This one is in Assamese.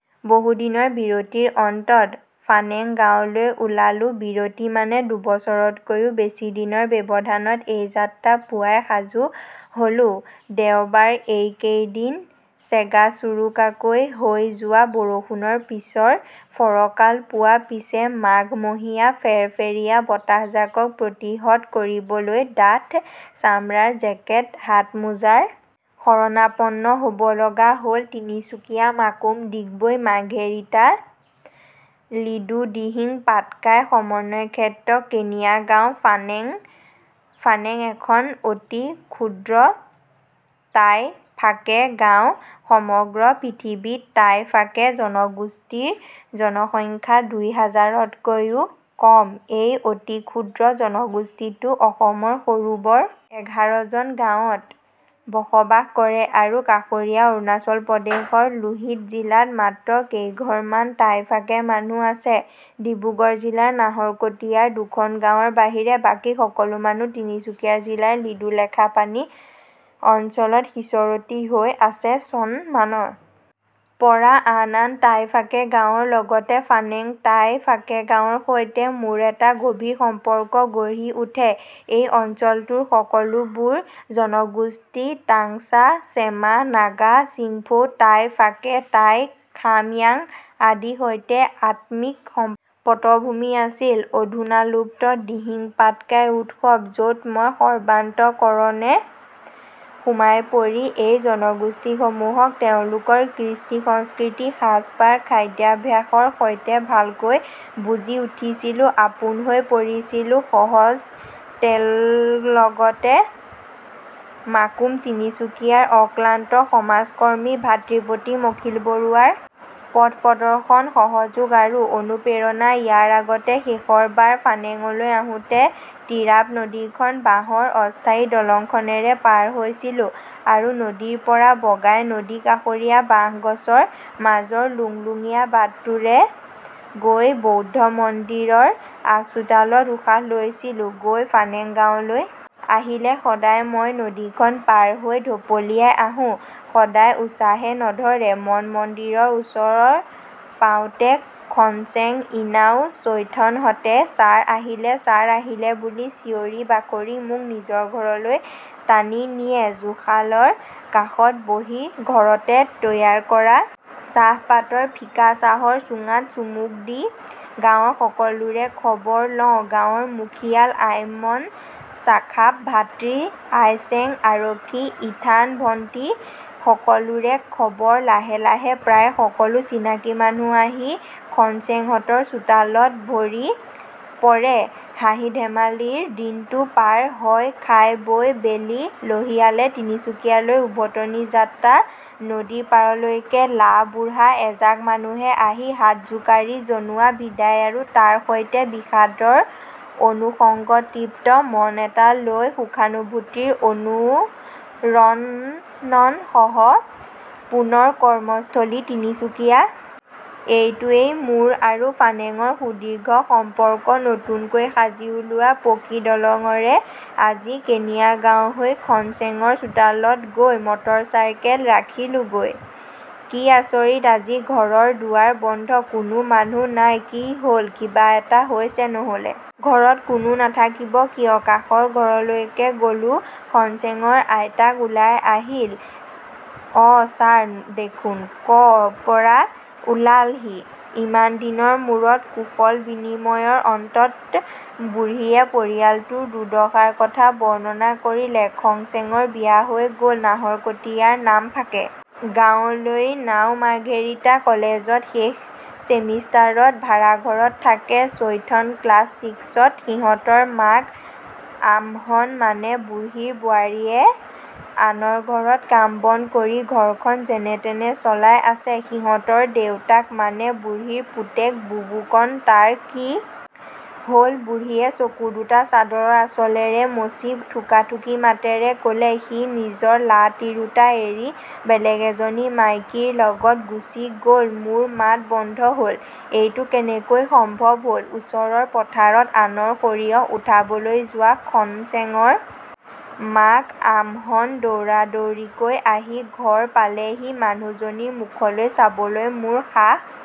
বহু দিনৰ বিৰতিৰ অন্তত ফানেং গাৱঁলৈ ওলালোবিৰতি মানে দুবছৰতকৈও বেছি দিনৰ ব্যৱধানত এই যাত্ৰাপুৱাই সাজু হলোদেওবাৰ এইকেইদিন চেগাচোৰোকাকৈ হৈ যোৱা বৰষুণৰ পিছৰ ফৰকাল পুৱাপিচে মাঘমহীয়া ফেৰফেৰীয়া বতাহজাকক প্ৰতিহত কৰিবলৈ ডাঠ ছামৰাৰ জেকেট হাতমোজাৰ শৰণাপন্ন হব লগা হলতিনিচুকীয়া মাকুম ডিগবৈ মাৰ্ঘেৰিটা লিডুদিহিং পাটকাই সমন্বয় ক্ষেত্ৰ কেনিয়া গাওঁ ফানেংফানেং এখন অতি ক্ষুদ্ৰ তাই ফাকে গাওঁসমগ্ৰ পৃথিৱীত তাই ফাকে জনগোষ্ঠীৰ জনসংখ্যা দুই হাজাৰতকৈও কমএই অতিক্ষুদ্ৰ জনগোষ্ঠীটো অসমৰ সৰু বৰ এঘাৰজন গাঁৱত বসবাস কৰে আৰু কাষৰীয়া অৰুণাচল প্ৰদেশৰ লোহিত জিলাত মাত্ৰ কেইঘৰমান তাই ফাকে মানুহ আছেডিব্ৰুগড় জিলাৰ নাহৰকটীয়াৰ দুখন গাৱঁৰ বাহিৰে বাকী সকলো মানুহ তিনিচুকীয়া জিলাৰ লিডুলেখাপানী অঞ্চলত সিঁচৰতি হৈ আছে চন মানৰ পৰা আন আন তাই ফাকে গাৱঁৰ লগতে ফানেং তাই ফাকেগাৱঁৰ সৈতে মোৰ এটা গভীৰ সম্পৰ্ক গঢ়ি উঠেএই অঞ্চলটোৰ সকলো বোৰ জনগোষ্ঠী তাংছা চেমা নাগা চিংফৌ তাই ফাকে তাই খাময়াং আদি সৈতে আত্মিক সম্পৰ্কৰ পটভূমি আছিল অধূনালুপ্ত দিহিংপাটকাই উৎসৱ যত মই সৰ্বান্ত:কৰণে সোমাই পৰি এই জনগোষ্ঠীসমূহকক তেওঁলোকৰ কৃষ্টি সংস্কৃতি সাজপাৰ খাদ্যাভ্যাসৰ সৈতে ভালকৈ বুজি উঠিছিলোঁ আপোন হৈ পৰিছিলো সহজতেলগতে মাকুম তিনিচুকীয়াৰ অক্লান্ত সমাজ কৰ্মী ভাতৃপ্ৰতীম অখিল বৰুৱাৰ পথ প্ৰদৰ্শন সহযোগ আৰু অনুপ্ৰেৰণাইয়াৰ আগতে শেষৰবাৰ ফানেঙলৈ আহোঁতে টিৰাপ নদীখন বাঁহৰ অস্থায়ী দলংখনেৰে পাৰ হৈছিলো আৰু নদীৰ গৰা বগাই নদী কাষৰীয়া বাঁহগছৰ মাজৰ লুংলুঙীয়া বাটটোৰে গৈ বৌদ্ধ মন্দিৰৰ আগচোতালত উশাহ লৈছিলো গৈফানেংগাৱঁলৈ আহিলে সদায় মই নদীখন পাৰ হৈ ঢপলিয়াই আহোঁসদায় উছাহে নধৰে মনমন্দিৰৰ ওচৰ পাওঁতে খনচেং ইনাও চৈথনহঁতে ছাৰ আহিলে ছাৰ আহিলে বুলি চিঞৰি বাখৰি মোক নিজৰ ঘৰলৈ টানি নিয়েজুশালৰ কাষত বহি ঘৰতে তৈয়াৰ কৰা চাহ পাতৰ ফিকা চাহৰ চুঙাত চুমুক দি গাঁৱৰ সকলোৰে খবৰ লওঁগাঁৱৰ মুখিয়াল আইমন ছাখাপ ভাতৃ আইচেং আৰক্ষী ইথান ভন্টি সকলোৰে খবৰলাহে লাহে প্ৰায় সকলো চিনাকি মানুহ আহি খনচেংহঁতৰ চোতাল ভৰি পৰেহাঁহি ধেমালিৰ দিনটো পাৰ হয়খাই বৈ বেলি লহিয়ালে তিনিচুকীয়ালৈ উভতনি যাত্ৰানদীৰ পাৰলৈকে লা বুঢ়া এজাক মানুহে আহি হাত জোকাৰি জনোৱা বিদায় আৰু তাৰ সৈতে বিষাদৰ অনুসংগতৃপ্ত মন এটা লৈ সুখানুভূতিৰ অনুৰণনসহ পুনৰ কৰ্মস্থলী তিনিচুকীয়া। এইটোৱেই মোৰ আৰু ফানেঙৰ সুদীৰ্ঘ সম্পৰ্কনতুনকৈ সাজি উলিওৱা পকী দলঙৰে আজি কেনিয়া গাওঁ হৈ খনচেঙৰ চোতালত গৈ মটৰ চাইকেল ৰাখিলোগৈকি আচৰিত আজি ঘৰৰ দুৱাৰ বন্ধ কোনো মানুহ নাইকি হল কিবা এটা হৈছে নহলে ঘৰত কোনো নাথাকিব কিয় কাষৰ ঘৰলৈকে গলোখনচেঙৰ আইতাক ওলাই আহিলঅ ছাৰ দেখোন ক পৰা ওলালহি ইমান দিনৰ মূৰত কুশল বিনিময়ৰ অন্তত বুঢ়ীয়ে পৰিয়ালটোৰ দুৰ্দশাৰ কথা বৰ্ণনা কৰিলে খনচেঙৰ বিয়া হৈ গল নাহৰকটীয়াৰ নামফাকে গাঁৱলৈইনাও মাৰ্ঘেৰিটা কলেজত শেষ ছিমেষ্টাৰত ভাৰাঘৰত থাকে চৈথন ক্লাছ ছিক্সত সিহঁতৰ মাক আমহন মানে বুঢ়ীৰ বোৱাৰীয়ে আনৰ ঘৰত কাম বন কৰি ঘৰখন যেনে তেনে চলাই আছেসিহঁতৰ দেউতাক মানে বুঢ়ীৰ পুতেক বুবুকণ তাৰ কি হল বুঢ়ীয়ে চকু দুটা চাদৰৰ আচলেৰে মচি থুকাথুকি মাতেৰে কলেসি নিজৰ লা তিৰোতা এৰি বেলেগ এজনী মাইকীৰ লগত গুচি গলমোৰ মাত বন্ধ হলএইটো কেনেকৈ সম্ভৱ হল ওচৰৰ পথাৰত আনৰ সৰিয়হ উঠাবলৈ যোৱা খনচেঙৰ মাক আমহন্ দৌৰাদৌৰিকৈ আহি ঘৰ পালেহিমানুহজনীৰ মুখলৈ চাবলৈ মোৰ সাহ